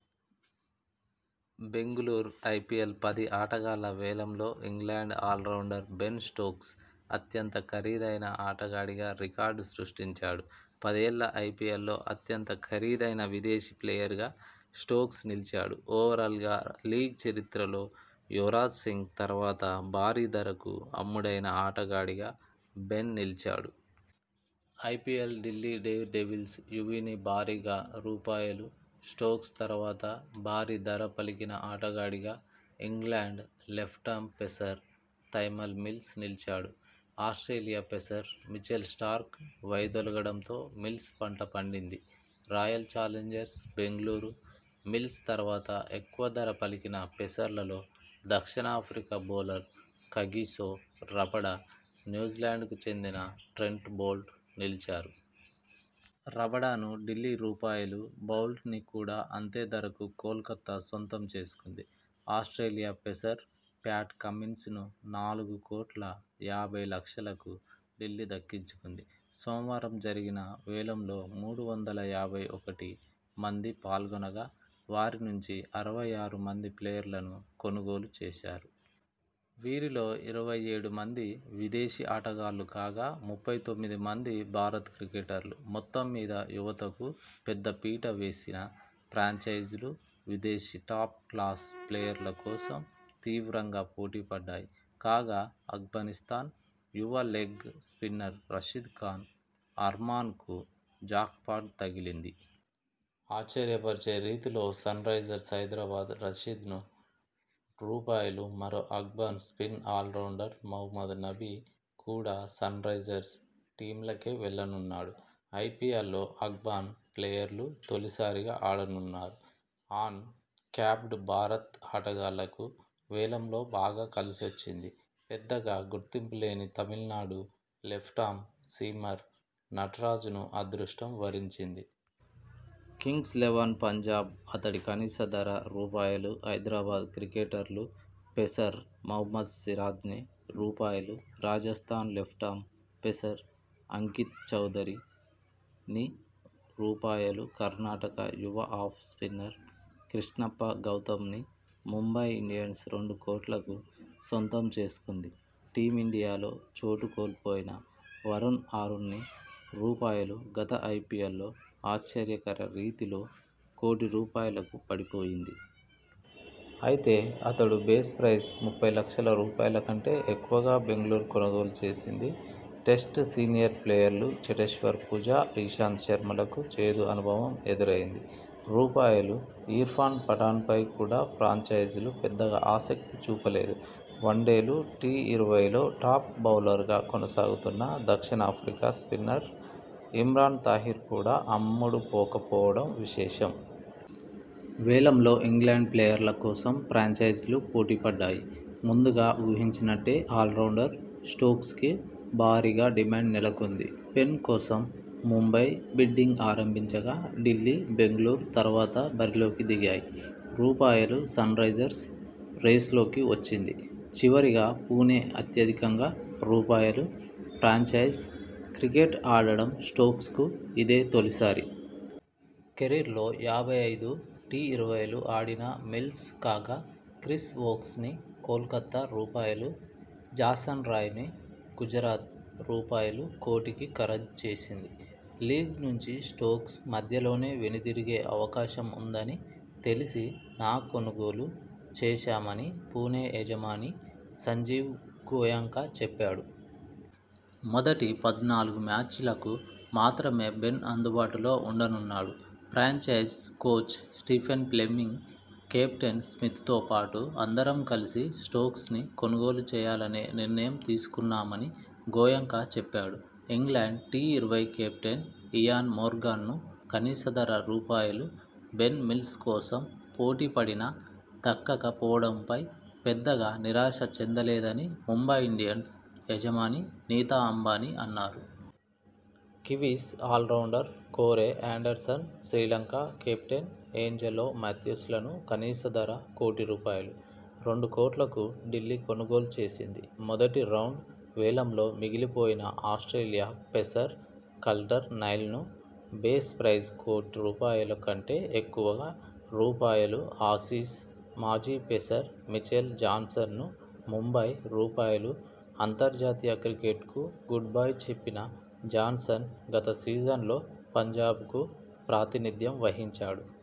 Bengaluru IPL పది ఆటగాళ్ల వేలంలో ఇంగ్లండ్ ఆల్రౌండర్ బెన్ స్టోక్స్ అత్యంత ఖరీదైన ఆటగాడిగా రికార్డు సృష్టించాడు. పదేళ్ల ఐపీఎల్లో అత్యంత ఖరీదైన విదేశీ ప్లేయర్గా స్టోక్స్ నిలిచాడు. ఓవరాల్గా లీగ్ చరిత్రలో యువరాజ్ సింగ్ తర్వాత భారీ ధరకు అమ్ముడైన ఆటగాడిగా బెన్ నిలిచాడు. ఐపీఎల్లో ఢిల్లీ డేర్డెవిల్స్ యువీని భారీగా రూపాయలు స్టోక్స్ తర్వాత భారీ ధర పలికిన ఆటగాడిగా England left arm pacer Tymal Mills నిలిచాడు. ఆస్ట్రేలియా పేసర్ మిచెల్ స్టార్క్ వైదొలగడంతో మిల్స్ పంట పడింది. రాయల్ చాలెంజర్స్ బెంగళూరు మిల్స్ తర్వాత ఎక్కువ ధర పలికిన పేసర్లలో దక్షిణాఫ్రికా బౌలర్ కగిసొ రబాడ, న్యూజిలాండ్కు చెందిన ట్రెంట్ బౌల్ట్ నిలిచారు. రబాడను ఢిల్లీ రూపాయలు బౌల్ట్ను కూడా అంతే ధరకు కోల్కతా సొంతం చేసుకుంది. ఆస్ట్రలియా పేసర్ ప్యాట్ కమిన్స్ను నాలుగు కోట్ల యబ్బై లక్షలకు ఢిల్లీ దక్కించుకుంది. సోమవారం జరిగిన వేలంలో మూడు వందల యాభై ఒకటి మంది పాల్గొనగా, వారి నుంచి అరవై ఆరు మంది ప్లేయర్లను కొనుగోలు చేశారు. వీరిలో ఇరవై ఏడు మంది విదేశీ ఆటగాళ్లు కాగా, ముప్పై తొమ్మిది మంది భారత క్రికెటర్లు. మొత్తం మీద యువతకు పెద్ద పీట వేసిన ఫ్రాంచైజీలు విదేశీ టాప్ క్లాస్ ప్లేయర్ల కోసం తీవ్రంగా పోటీ పడ్డాయి. కాగా, అఫ్ఘానిస్థాన్ యువ లెగ్ స్పిన్నర్ రషీద్ ఖాన్ అర్మాన్కు జాక్పాట్ తగిలింది. ఆశ్చర్యపరిచే రీతిలో సన్రైజర్స్ హైదరాబాద్ రషీద్ను రూపాయలు మరో అఫ్ఘాన్ స్పిన్ ఆల్రౌండర్ మహమ్మద్ నబి కూడా సన్రైజర్స్ టీమ్లోకే వెళ్లనున్నాడు. ఐపీఎల్లో అఫ్ఘాన్ ప్లేయర్లు తొలిసారిగా ఆడనున్నారు. అన్ క్యాప్డ్ భారత ఆటగాళ్లకు వేలంలో బాగా కలిసొచ్చింది. పెద్దగా గుర్తింపులేని తమిళనాడు లెఫ్టామ్ సీమర్ నటరాజన్ను అదృష్టం వరించింది. కింగ్స్ లెవన్ పంజాబ్ అతడి కనీస ధర రూపాయలు హైదరాబాద్ క్రికెటర్లు పేసర్ మహమ్మద్ సిరాజ్ను రూపాయలు రాజస్థాన్ లెఫ్టామ్ పేసర్ అంకిత చౌదరి ని రూపాయలు కర్ణాటక యువ ఆఫ్ స్పిన్నర్ కృష్ణప్ప గౌతమ్ను ముంబై ఇండియన్స్ రెండు కోట్లకు సొంతం చేసుకుంది. టీమిండియాలో చోటు కోల్పోయిన వరుణ్ ఆరోన్ను రూపాయలు గత ఐపీఎల్లో ఆశ్చర్యకర రీతిలో కోటి రూపాయలకి పడిపోయింది. అయితే అతడి బేస్ ప్రైస్ ముప్పై లక్షల రూపాయలు కంటే ఎక్కువగా బెంగళూరు కొనుగోలు చేసింది. టెస్ట్ సీనియర్ ప్లేయర్లు చటేశ్వర్ పుజరా, ఇషాంత శర్మలకు చేదు అనుభవం ఎదురైంది. రూపాయలు ఇర్ఫాన్ పఠాన్పై కూడా ఫ్రాంచైజీలు పెద్దగా ఆసక్తి చూపలేదు. వన్డేలు, టీఇరవైల్లో టాప్ బౌలర్ గా కొనసాగుతున్న దక్షిణాఫ్రికా స్పిన్నర్ ఇమ్రాన్ తాహిర్ కూడా అమ్ముడుపోకపోవడం విశేషం. వేలంలో ఇంగ్లండ్ ప్లేయర్ల కోసం ఫ్రాంచైజీలు పోటీపడ్డాయి. ముందుగా ఊహించినట్టే ఆల్రౌండర్ స్టోక్స్కు భారీగా డిమాండ్ నెలకొంది. బెన్ కోసం ముంబై బిడ్డింగ్ ఆరంభించగా ఢిల్లీ, బెంగళూరు తర్వాత బరిలోకి దిగాయి. రూపాయలు సన్రైజర్స్ రేస్లోకి వచ్చింది. చివరగా పుణె అత్యధికంగా రూపాయలు ఫ్రాంచైజీ క్రికెట్ ఆడడం స్టోక్స్కు ఇదే తొలిసారి. కెరీర్లో యాభై ఐదు టీఇరవైలు ఆడిన మిల్స్ కాగా, క్రిస్ వోక్స్ను కోల్కతా రూపాయలు జాసన్ రాయ్ను గుజరాత రూపాయలు కోటికి ఖరీదు చేసింది. లీగ్ నుంచి స్టోక్స్ మధ్యలోనే వెనుదిరిగే అవకాశం ఉందని తెలిసి నా కొనుగోలు చేశామని పుణె యజమాని సంజీవ్ గోయెంకా చెప్పాడు. మొదటి పద్నాలుగు మ్యాచ్లకు మాత్రమే బెన్ అందుబాటులో ఉండనున్నాడు. Franchise coach Stephen Fleming, captain స్మితతోపాటు అందరం కలిసి స్టోక్స్ను కొనుగోలు చేయాలనే నిర్ణయం తీసుకున్నామని గోయెంకా చెప్పా డు. ఇంగ్లండ్ టీఇరవై కెప్టెన్ ఇయాన్ మోర్గాన్ను కనీస ధర రూపాయలు బెన్, మిల్స్ కోసం పోటీపడినా దక్కక పోవడంపై పెద్దగా నిరాశ చెందలేదని ముంబై ఇండియన్స్ యజమాని నీతా అంబానీ అన్నారు. Kiwis allrounder Corey Anderson, Sri Lanka captain Angelo మాథ్యూస్లను కనీస ధర కోటి రూపాయలు, రెండు కోట్లకు ఢిల్లీ కొనుగోలు చేసింది. మొదటి రౌండ్ వేలంలో మిగిలిపోయిన ఆస్ట్రేలియా పేసర్ కల్టర్ నైల్ను బేస్ ప్రైస్ కోటి రూపాయలు కంటే ఎక్కువగా రూపాయలు ఆసీస్ మాజీ పేసర్ మిచెల్ జాన్సన్ను ముంబై రూపాయలు అంతర్జాతీయ క్రికెట్కు గుడ్బై చెప్పిన జాన్సన్ గత సీజన్లో పంజాబ్కు ప్రాతినిధ్యం వహించాడు.